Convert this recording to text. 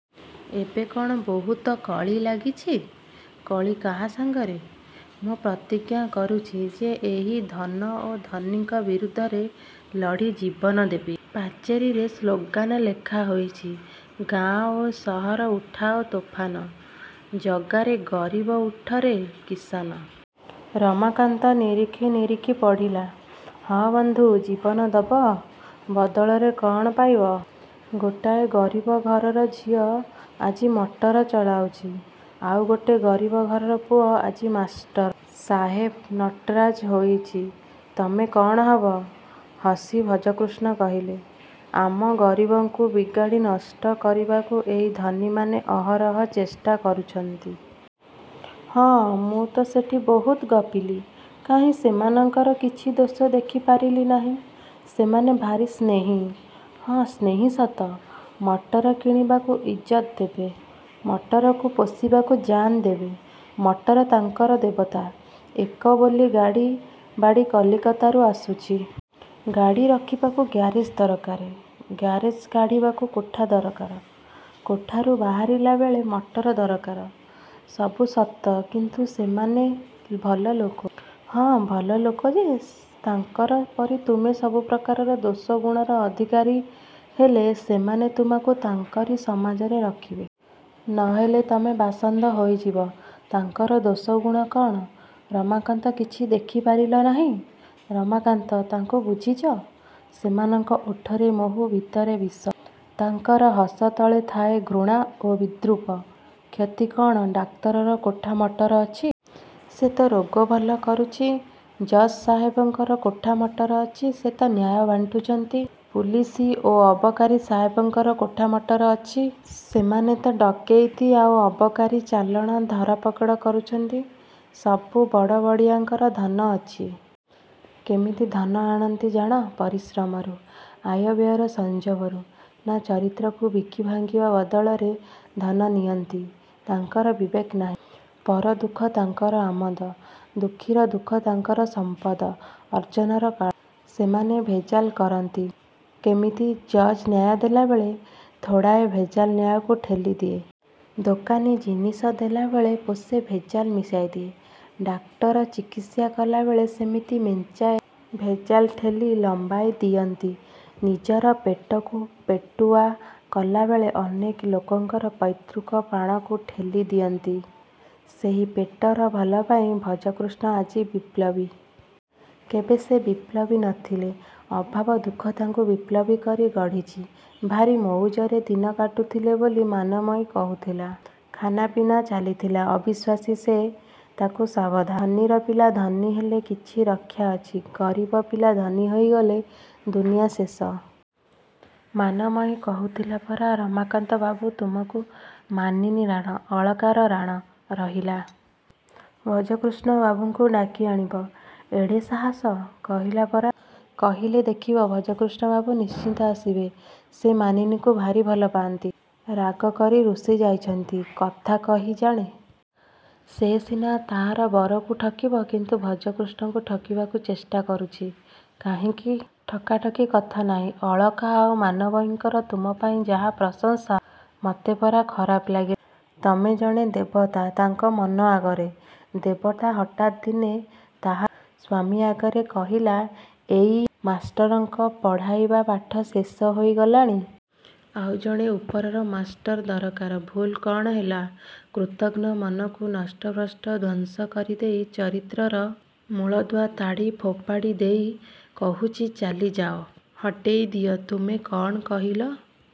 ଏବେ କ'ଣ ବହୁତ କଳି ଲାଗିଛି? -କଳି? କାହା ସାଙ୍ଗରେ? ମୁଁ ପ୍ରତିଜ୍ଞା କରୁଛି ଯେ ଏହି ଧନ ଓ ଧନୀଙ୍କ ବିରୁଦ୍ଧରେ ଲଢ଼ି ଜୀବନ ଦେବି। ପାଚିରୀରେ ସ୍ଳୋଗାନ ଲେଖା ହୋଇଛି। ଗାଁ ଓ ସହରେ ଉଠାଅ ତୋଫାନ। ଜାଗରେ ଗରିବ, ଉଠରେ କିସାନ। ରମାକାନ୍ତ ନିରେଖି ନିରେଖି ପଢ଼ିଲା। ହଁ, ବନ୍ଧୁ ଜୀବନ ଦବ। ବଦଳରେ କ'ଣ ପାଇବ-? ଗୋଟାଏ ଗରିବ ଘରର ଝିଅ ଆଜି ମଟର ଚଳାଉଛି। ଆଉ ଗୋଟାଏ ଗରିବ ଘରର ପୁଅ ଆଜି ମାଷ୍ଟର ସାହେବ ନଟରାଜ ହୋଇଛି, ତମେ କ'ଣ ହେବ? ହସି ଭଜକୃଷ୍ଣ କହିଲା-ଆମ ଗରିବଙ୍କୁ ବିଗାଡ଼ି ନଷ୍ଟ କରିବାକୁ ଏଇ ଧନୀମାନେ ଅହରହ ଚେଷ୍ଟା କରୁଛନ୍ତି। -ମୁଁ ତ ସେଠି ବହୁତ ଗପିଲି। କାହିଁ ସେମାନଙ୍କର କିଛି ଦୋଷ ଦେଖି ପାରିଲି ନାହିଁ। ସେମାନେ ଭାରି ସ୍ନେହୀ। -ହଁ। ସ୍ନେହୀ ସତ। ମଟର କିଣିବାକୁ ଇଜ୍ଜତ ଦେବେ। ମଟରକୁ ପୋଷିବାକୁ ଜାନ୍ ଦେବେ। ମଟର ତାଙ୍କର ଦେବତା। -ଏକା ବୋଲି-ଗାଡ଼ି, ବାଡ଼ି। କଲିକତାରୁ ଆସୁଛି। ଗାଡ଼ି ରଖିବାକୁ ଗାରେଜ ଦରକାର। ଗାରେଜ କାଢ଼ିବାକୁ କୋଠା ଦରକାର। କୋଠାରୁ ବାହାରିଲା ବେଳେ ମଟର ଦରକାର। ସବୁ ସତ କିନ୍ତୁ ସେମାନେ ଭଲ ଲୋକ। -ହଁ, ଭଲ ଯେ। ତାଙ୍କରି ପରି ତମେ ସବୁ ପ୍ରକାରର ଦୋଷଗୁଣର ଅଧିକାରୀ ହେଲେ ସେମାନେ ତୁମକୁ ତାଙ୍କରି ସମାଜରେ ରଖିବେ। ନଇଲେ ତମେ ବାସନ୍ଦ ହେଇଯିବ। -ତାଙ୍କର ଦୋଷଗୁଣ କ'ଣ? -ରମାକାନ୍ତ କିଛି ଦେଖି ପାରିଲା ନାହିଁ। -ରମାକାନ୍ତ, ତାଙ୍କୁ ବୁଝିଛ? ସେମାନଙ୍କର ଓଠରେ ମହୁ ଭିତରେ ବିଷ। ତାଙ୍କର ହସ ତଳେ ଥାଏ ଘୃଣା ଓ ବିଦ୍ରୂପ। -କ୍ଷତି କ'ଣ? ଡାକ୍ତରର କୋଠା ମଟର ଅଛି। ସେ ତ ରୋଗ ଭଲ କରୁଛି। ଜଜ ସାହେବଙ୍କର କୋଠା ମଟର ଅଛି। ସେ ତ ନ୍ୟାୟ ବାଣ୍ଟୁଛନ୍ତି। ପୁଲିସ ଓ ଅବକାରୀ ସାହେବଙ୍କର କୋଠା ମଟର ଅଛି ସେମାନେ ଡକେଇତି ଆଉ ଅବକାରୀ ଚାଲାଣ ଧରି ପଗଡ଼ୁଛନ୍ତି। ସବୁ ବଡ଼ ବଡ଼ିଆଙ୍କର ଧନ ଅଛି। -କେମିତି ଧନ ଆଣନ୍ତି ଜାଣ? -ପରିଶ୍ରମରୁ। ଆୟବ୍ୟୟର ସଂଯମରୁ। -ନା, ଚରିତ୍ରକୁ ବିକିଭାଙ୍ଗି ବଦଳରେ ଧନ ନିଅନ୍ତି। ତାଙ୍କର ବିବେକ ନାହିଁ। ପରର ଦୁଃଖ ତାଙ୍କର ଆମୋଦ-ଦୁଃଖୀର ଦୁଃଖ ତାଙ୍କର ସମ୍ପଦ ଅର୍ଜନର କାରଣ। ସେମାନେ ଭେଜାଲ କରନ୍ତି। -କେମିତି? -ଜଜ୍ ନ୍ୟାୟ ଦେଲାବେଳେ ଥୋଡ଼ାଏ ଭେଜାଲ ନ୍ୟାୟକୁ ଠେଲି ଦିଏ। ଦୋକାନୀ ଜିନିଷ ଦେଲାବେଳେ ପୋଷେ ଭେଜାଲ ମିଶାଇ ଦିଏ। ଡାକ୍ତର ଚିକିତ୍ସା କଲାବେଳେ ସେମିତି ମେଞ୍ଚାଏ ଭେଜାଲ ଠେଲି ଲମ୍ବାଇ ଦିଅନ୍ତି। ନିଜର ପେଟକୁ ପେଟୁଆ କଲାବେଳେ ଅନେକ ଲୋକଙ୍କର ପୈତୃକ ପ୍ରାଣକୁ ଠେଲି ଦିଅନ୍ତି ସେହି ପେଟର ଭଲ ପାଇଁ। -ଭଜକୃଷ୍ଣ ଆଜି ବିପ୍ଳବୀ। -କେବେ ସେ ବିପ୍ଳବୀ ନ ଥିଲା? ଅଭାବ ଦୁଃଖ ତାକୁ ବିପ୍ଳବୀ କରି ଗଢ଼ିଛି। -ଭାରି ମଉଜରେ ଦିନ କାଟୁଥିଲା ବୋଲି ମାନମୟୀ କହୁଥିଲା। ଖାନାପିନା ଚାଲିଥିଲା-। -ଅବିଶ୍ୱାସୀ ସେ। ତା'କୁ ସାବଧାନ। ଧନୀର ପିଲା ଧନୀ ହେଲେ କିଛି ରକ୍ଷା ଅଛି। ଗରିବ ପିଲା ଧନୀ ହେଇଗଲେ ଦୁନିଆ ଶେଷ। -ମାନମୟୀ କହୁଥିଲା ପରା-ରମାକାନ୍ତ ବାବୁ, ତୁମକୁ ମାନିନୀ ରାଣ, ଅଳକାର ରାଣ ରହିଲା-ଭଜକୃଷ୍ଣ ବାବୁଙ୍କୁ ଡାକି ଆଣିବ। -ଏଡ଼େ ସାହସ? -କହିଲା ପରା। କହିଲେ ଦେଖିବ ଭଜକୃଷ୍ଣବାବୁ ନିଶ୍ଚୟ ଆସିବେ। ସେ ମାନିନୀକୁ ଭାରି ଭଲ ପାଆନ୍ତି। ରାଗ କରି ରୁଷି ଯାଇଛନ୍ତି। -କଥା କହି ଜାଣେ। ସେ ସିନା ତାହାର ବରକୁ ଠକିବ, କିନ୍ତୁ ଭଜକୃଷ୍ଣକୁ ଠକିବାକୁ ଚେଷ୍ଟା କରୁଛି କାହିଁକି? -ଠକାଠକି କଥା ନାହିଁ। ଅଳକା ଆଉ ମାନମୟୀଙ୍କର ତୁମ ପାଇଁ ଯାହା ପ୍ରଶଂସା। ମତେ ପରା ଖରାପ ଲାଗିଲା-ତମେ ଜଣେ ଦେବତା ତାଙ୍କର ମନ ଆଗରେ। -ଦେବତା? ହଠାତ୍ ଦିନେ ତାହାର ସ୍ୱାମୀ ଆଗରେ କହିଲା, ଏଇ ମାଷ୍ଟରଙ୍କର ପଢ଼ାଇବା ପାଠ ଶେଷ ହେଇଗଲାଣି। ଆଉ ଜଣେ ଉପରର ମାଷ୍ଟ୍ର ଦରକାର। -ଭୁଲ୍ କ'ଣ ହେଲା? -କୃତଘ୍ନ। ମନକୁ ନଷ୍ଟଭ୍ରଷ୍ଟ ଧ୍ୱଂସ କରି ଦେଇ ଚରିତ୍ରର ମୂଳଦୁଆ ତାଡ଼ି ଫୋପାଡ଼ି ଦେଇ କହୁଛି-ଚାଲିଯାଅ। ହଟେଇ ଦିଅ। -ତୁମେ କ'ଣ କହିଲ?